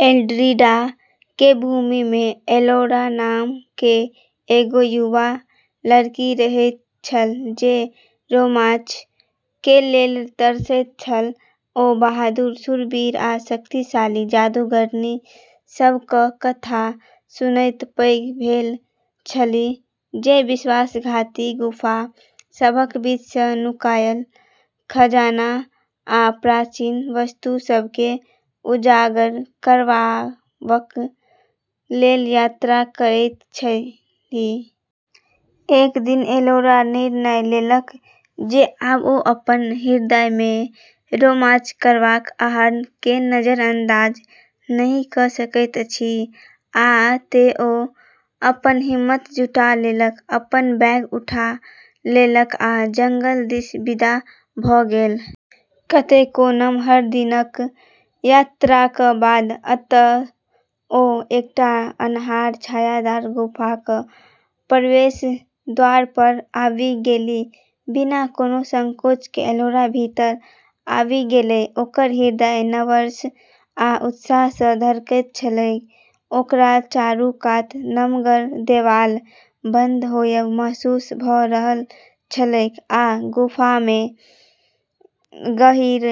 एल्ड्रिडा के भूमि में एलोरा नाम के एगो युवा लड़की रहैत छल जे रोमांच के लेल तरसैत छल। ओ बहादुर शूरवीर आ शक्तिशाली जादूगरनी सभक कथा सुनैत पैघ भेल छलीह जे विश्वासघाती गुफा सभक बीचसँ नुकायल खजाना आ प्राचीन वस्तु सभकेँ उजागर करबाक लेल यात्रा करैत छलीह। एक दिन एलोरा निर्णय लेलक जे आब ओ अपन हृदय मे रोमांच करबाक आह्वान केँ नजरअंदाज नहि क' सकैत अछि, आ तें ओ अपन हिम्मत जुटा लेलक, अपन बैग उठा लेलक आ जंगल दिस विदा भ' गेल। कतेको नमहर दिनक यात्राक बाद अंततः ओ एकटा अन्हार, छायादार गुफाक प्रवेश द्वार पर आबि गेलीह। बिना कोनो संकोच के एलोरा भीतर आबि गेलै, ओकर हृदय नर्वस आ उत्साह सँ धड़कैत छलैक। ओकरा चारू कात नमगर देबाल बंद होयब महसूस भ' रहल छलैक आ गुफा मे गहींर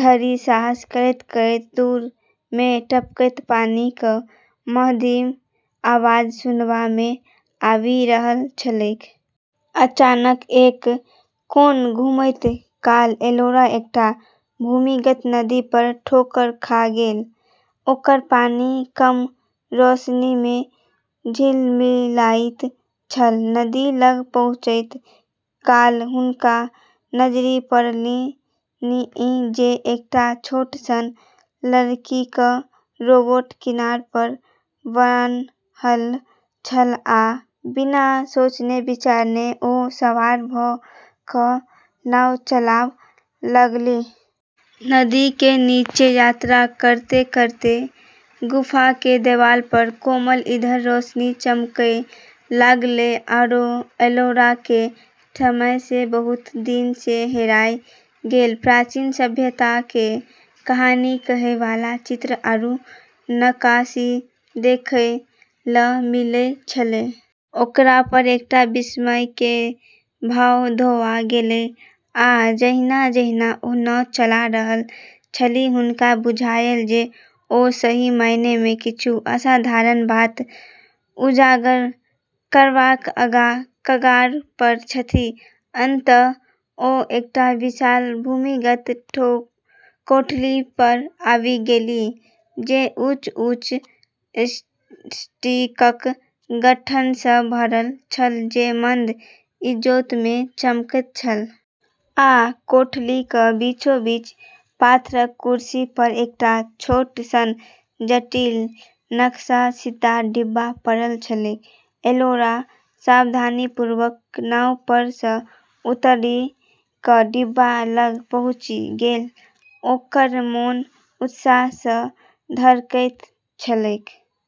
धरि साहस करैत-करैत दूर मे टपकैत पानिक मद्धिम आवाज सुनबा मे आबि रहल छलैक। अचानक एक कोन घुमैत काल एलोरा एकटा भूमिगत नदी पर ठोकर खा गेल, ओकर पानि कम रोशनी मे झिलमिलाइत छल। नदी लग पहुँचैत काल हुनका नजरि पड़लनि जे एकटा छोट सन लकड़ीक रोबोट किनार पर बान्हल छल आ बिना सोचने-विचारने ओ सवार भ' क' नाव चलाब' लगलीह। नदी के नीचें यात्रा करतें-करतें गुफा के देवाल पर कोमल, ईथर रोशनी चमकै लागलै, आरो एलोरा के समय सें बहुत दिन सें हेराय गेल प्राचीन सभ्यता के कहानी कहै वाला चित्र आरू नक्काशी देखै ल मिलै छेलै। ओकरा पर एकटा विस्मय के भाव धोआ गेलै, आ जहिना-जहिना ओ नाव चला रहल छलीह, हुनका बुझायल जे ओ सही मायने मे किछु असाधारण बात उजागर करबाक कगार पर छथि। अन्ततः ओ एकटा विशाल, भूमिगत कोठली पर आबि गेलीह, जे ऊँच-ऊँच स्फटिकक गठन सँ भरल छल जे मंद इजोत मे चमकैत छल। आ कोठलीक बीचोबीच पाथरक कुरसी पर एकटा छोट सन जटिल नक्काशीदार डिब्बा पड़ल छलैक। एलोरा सावधानीपूर्वक नाव पर सँ उतरि क' डिब्बा लग पहुँचि गेल, ओकर मोन उत्साह सँ धड़कैत छलैक।